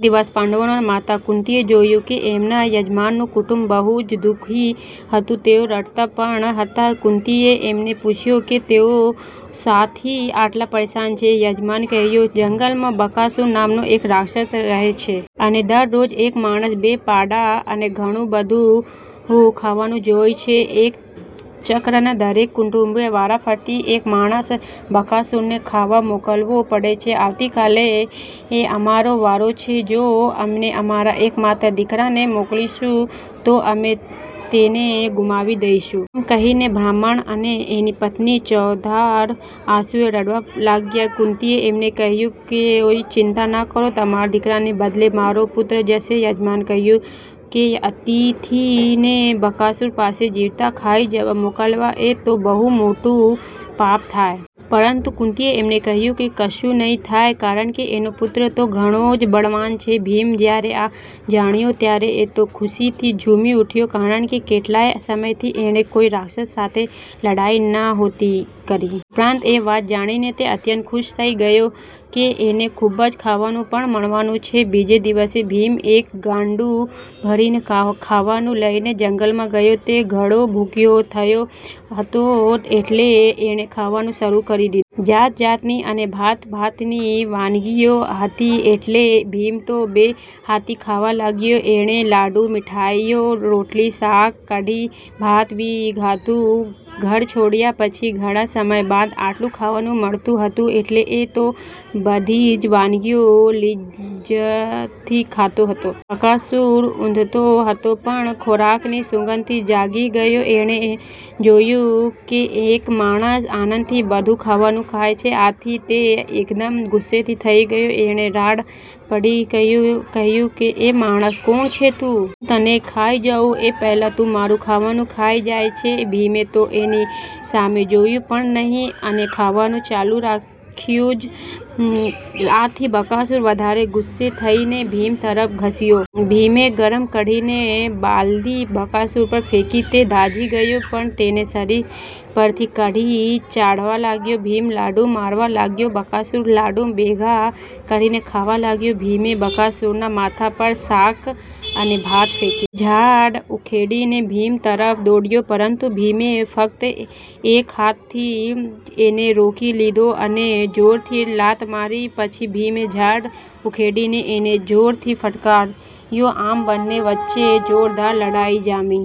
એક દિવસ પાંડવોના માતા કુંતીએ જોયું કે એમના યજમાનનું કુટુંબ બહુ જ દુ:ખી હતું. તેઓ રડતા પણ હતા. કુંતીએ એમને પૂછ્યું કે તેઓ શાથી આટલા પરેશાન છે? યજમાને કહ્યું, "જંગલમાં બકાસુર નામનો એક રાક્ષસ રહે છે. એને દરરોજ એક માણસ, બે પાડા અને ઘણું બધું ખાવાનું જોઈએ છે. એકચક્રના દરેક કુટુંબે વારાફરતી એક માણસને બકાસુરને ખાવા મોકલવો પડે છે. આવતીકાલે અમારો વારો છે. જો અમે અમારા એકમાત્ર દીકરાને મોકલીશું તો અમે તેને ગુમાવી દઈશું". આમ કહીને બ્રાહ્મણ અને એની પત્ની ચોધાર આંસુએ રડવા લાગ્યા. કુંતીએ એમને કહ્યું, "કોઈ ચિંતા ન કરો. તમારા દીકરાને બદલે મારો પુત્ર જશે". યજમાને કહ્યું કે અતિથીને બકાસુર પાસે જીવતા ખાઈ જવા મોકલવા એ તો બહુ મોટું પાપ થાય. પરંતુ કુંતીએ એમને કહ્યું કે કશું નહીં થાય કારણકે એનો પુત્ર તો ઘણો જ બળવાન છે. ભીમે જયારે આ જાણ્યું ત્યારે એ તો ખુશીથી ઝુમી ઉઠ્યો કારણકે કેટલાય સમયથી એણે કોઈ રાક્ષસ સાથે લડાઈ નહોતી કરી. ઉપરાંત એ વાત જાણીને તે અત્યંત ખુશ થઇ ગયો કે એને ખુબ જ ખાવાનું પણ મળવાનું છે! બીજે દિવસે ભીમ એક ગાડું ભરીને ખાવાનું લઈને જંગલમાં ગયો. તે ઘણો ભૂખ્યો થયો હતો એટલે એણે ખાવાનું શરુ કરી દીધું. જાત જાતની અને ભાત ભાતની વાનગીઓ હતી એટલે ભીમ તો બે હાથથી ખાવા લાગ્યો! એણે લાડુ, મીઠાઈઓ, રોટલી, શાક, કઢી, ભાત વિ. ખાધું. ઘર છોડ્યા પછી ઘણા સમય બાદ આટલું ખાવાનું મળતું હતું એટલે એ તો બધી જ વાનગીઓ લિજજતથી ખાતો હતો. બકાસુર ઉંઘતો હતો પણ ખોરાકની સુગંધથી જાગી ગયો. એણે જોયું કે એક માણસ આનંદથી બધું ખાવાનું ખાય છે. આથી તે એકદમ ગુસ્સે થઇ ગયો. એણે રાડ પાડી કહ્યું, "એ માણસ! કોણ છે તું? હું તને ખાઈ જાઉં એ પહેલાં તું મારું ખાવાનું ખાઈ જાય છે? " ભીમે તો એની સામે જોયું પણ નહીં અને ખાવાનું ચાલુ જ રાખ્યું. આથી બકાસુર વધારે ગુસ્સે થઈને ભીમ તરફ ધસ્યો. ભીમે ગરમ કઢીની બાલદી બકાસુર પર ફેંકી. તે દાઝી ગયો પણ તેના શરીર પરથી કઢી ચાટવા લાગ્યો. ભીમ લાડુ મારવા લાગ્યો. બકાસુર લાડુ ભેગા કરીને ખાવા લાગ્યો. ભીમે બકાસુરના માથા પર શાક અને ભાત ફેંક્યા. એ ઝાડ ઉખેડીને ભીમ તરફ દોડ્યો. પરંતુ ભીમે ફક્ત એક હાથથી જ એને રોકી લીધો અને જોરથી લાત મારી. પછી ભીમે ઝાડ ઉખેડીને એને જોરથી ફટકાર્યું. આમ બંને વચ્ચે જોરદાર લડાઈ જામી.